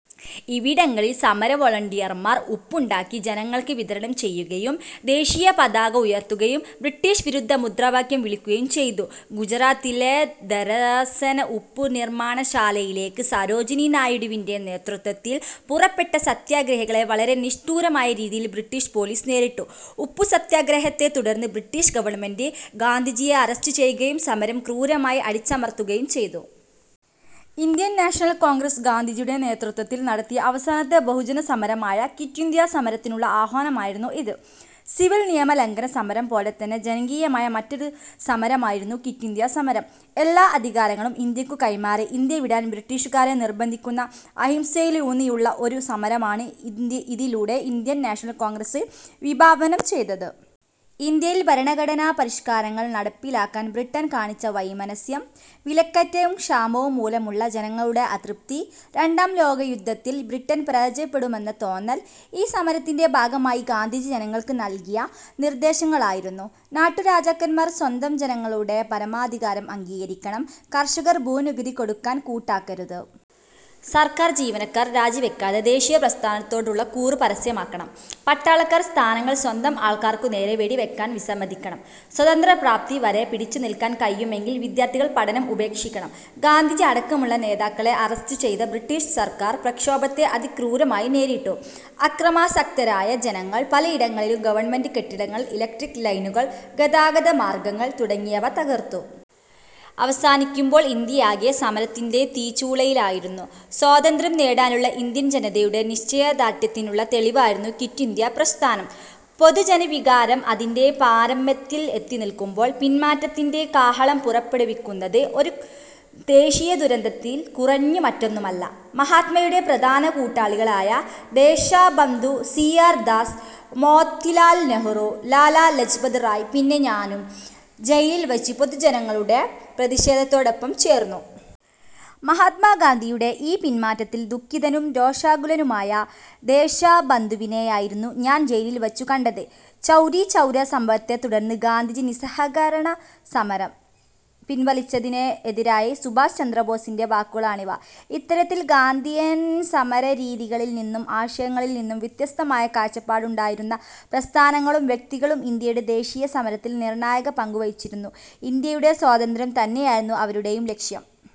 ഇവിടങ്ങളിൽ സമരവോളന്റിയർമാർ ഉപ്പുണ്ടാക്കി ജനങ്ങൾക്ക് വിതരണം ചെയ്യുകയും ദേശീയപതാക ഉയർത്തുകയും ബ്രിട്ടീഷ് വിരുദ്ധ മുദ്രാവാക്യം വിളിക്കുകയും ചെയ്തു. ഗുജറാത്തിലെ ധരാസന ഉപ്പുനിർമാണശാലയിലേക്ക് സരോജിനി നായിഡുവിന്റെ നേതൃത്വത്തിൽ പുറപ്പെട്ട സത്യഗ്രഹികളെ വളരെ നിഷ്ഠൂരമായ രീതിയിൽ ബ്രിട്ടീഷ് പോലീസ് നേരിട്ടു. ഉപ്പുസത്യഗ്രഹത്തെത്തുടർന്ന് ബ്രിട്ടീഷ് ഗവൺമെന്റ് ഗാന്ധിജിയെ അറസ്റ്റ് ചെയ്യുകയും സമരം ക്രൂരമായി അടിച്ചമർത്തുകയും ചെയ്തു. ഇന്ത്യൻ നാഷണൽ കോൺഗ്രസ് ഗാന്ധിജിയുടെ നേതൃത്വത്തിൽ നടത്തിയ അവസാനത്തെ ബഹുജനസമരമായ ക്വിറ്റ് ഇന്ത്യാ സമരത്തിനുള്ള ആഹ്വാനമായിരുന്നു ഇത്. സിവിൽ നിയമലംഘന സമരം പോലെത്തന്നെ ജനകീയമായ മറ്റൊരു സമരമായിരുന്നു ക്വിറ്റ് ഇന്ത്യാ സമരം. എല്ലാ അധികാരങ്ങളും ഇന്ത്യക്കു കൈമാറി ഇന്ത്യ വിടാൻ ബ്രിട്ടീഷുകാരെ നിർബന്ധിക്കുന്ന അഹിംസയിലൂന്നിയുള്ള ഒരു സമരമാണ് ഇതിലൂടെ ഇന്ത്യൻ നാഷണൽ കോൺഗ്രസ് വിഭാവനം ചെയ്തത്. ഇന്ത്യയിൽ ഭരണഘടനാ പരിഷ്കാരങ്ങൾ നടപ്പിലാക്കാൻ ബ്രിട്ടൺ കാണിച്ച വൈമനസ്യം. വിലക്കയറ്റവും ക്ഷാമവും മൂലമുള്ള ജനങ്ങളുടെ അതൃപ്തി. രണ്ടാം ലോകയുദ്ധത്തിൽ ബ്രിട്ടൻ പരാജയപ്പെടുമെന്ന തോന്നൽ. ഈ സമരത്തിന്റെ ഭാഗമായി ഗാന്ധിജി ജനങ്ങൾക്ക് നൽകിയ നിർദേശങ്ങളായിരുന്നു. നാട്ടുരാജാക്കന്മാർ സ്വന്തം ജനങ്ങളുടെ പരമാധികാരം അംഗീകരിക്കണം. കർഷകർ ഭൂനികുതി കൊടുക്കാൻ കൂട്ടാക്കരുത്. സർക്കാർ ജീവനക്കാർ രാജിവയ്ക്കാതെ ദേശീയപ്രസ്ഥാനത്തോടുള്ള കൂറ് പരസ്യമാക്കണം. പട്ടാളക്കാർ സ്ഥാനങ്ങൾ സ്വന്തം ആൾക്കാർക്കുനേരെ വെടിവയ്ക്കാൻ വിസമ്മതിക്കണം. സ്വാതന്ത്ര്യപ്രാപ്തി വരെ പിടിച്ചു നിൽക്കാൻ കഴിയുമെങ്കിൽ വിദ്യാർഥികൾ പഠനം ഉപേക്ഷിക്കണം. ഗാന്ധിജി അടക്കമുള്ള നേതാക്കളെ അറസ്റ്റ് ചെയ്ത ബ്രിട്ടീഷ് സർക്കാർ പ്രക്ഷോഭത്തെ അതിക്രൂരമായി നേരിട്ടു. അക്രമാസക്തരായ ജനങ്ങൾ പലയിടങ്ങളിലും ഗവൺമെന്റ് കെട്ടിടങ്ങൾ, ഇലക്ട്രിക് ലൈനുകൾ, ഗതാഗത മാർഗങ്ങൾ തുടങ്ങിയവ തകർത്തു. അവസാനിക്കുമ്പോൾ ഇന്ത്യയാകെ സമരത്തിന്റെ തീച്ചൂളയിലായിരുന്നു. സ്വാതന്ത്ര്യം നേടാനുള്ള ഇന്ത്യൻ ജനതയുടെ നിശ്ചയദാർഢ്യത്തിനുള്ള തെളിവായിരുന്നു ക്വിറ്റ് ഇന്ത്യാ പ്രസ്ഥാനം. പൊതുജനവികാരം അതിന്റെ പാരമ്യത്തിൽ എത്തിനിൽക്കുമ്പോൾ പിൻമാറ്റത്തിന്റെ കാഹളം പുറപ്പെടുവിക്കുന്നത് ഒരു ദേശീയദുരന്തത്തിൽ കുറഞ്ഞ് മറ്റൊന്നുമല്ല. മഹാത്മയുടെ പ്രധാന കൂട്ടാളികളായ ദേശബന്ധു സി. ആർ. ദാസ്, മോത്തിലാൽ നെഹ്റു, ലാലാ ലജ്പത് റായ്, പിന്നെ ഞാനും ജയിലിൽ വച്ച് പൊതുജനങ്ങളുടെ പ്രതിഷേധത്തോടൊപ്പം ചേർന്നു. മഹാത്മാഗാന്ധിയുടെ ഈ പിൻമാറ്റത്തിൽ ദുഃഖിതനും രോഷാകുലനുമായ ദേശബന്ധുവിനെയായിരുന്നു ഞാൻ ജയിലിൽ വച്ചു കണ്ടത്. ചൗരിചൗര സംഭവത്തെത്തുടർന്ന് ഗാന്ധിജി നിസ്സഹകരണസമരം പിൻവലിച്ചതിനെതിരായ സുഭാഷ് ചന്ദ്രബോസിന്റെ വാക്കുകളാണിവ. ഇത്തരത്തിൽ ഗാന്ധിയൻ സമരരീതികളിൽനിന്നും ആശയങ്ങളിൽനിന്നും വ്യത്യസ്തമായ കാഴ്ചപ്പാടുണ്ടായിരുന്ന പ്രസ്ഥാനങ്ങളും വ്യക്തികളും ഇന്ത്യയുടെ ദേശീയസമരത്തിൽ നിർണായക പങ്കുവഹിച്ചിരുന്നു. ഇന്ത്യയുടെ സ്വാതന്ത്ര്യം തന്നെയായിരുന്നു അവരുടെയും ലക്ഷ്യം.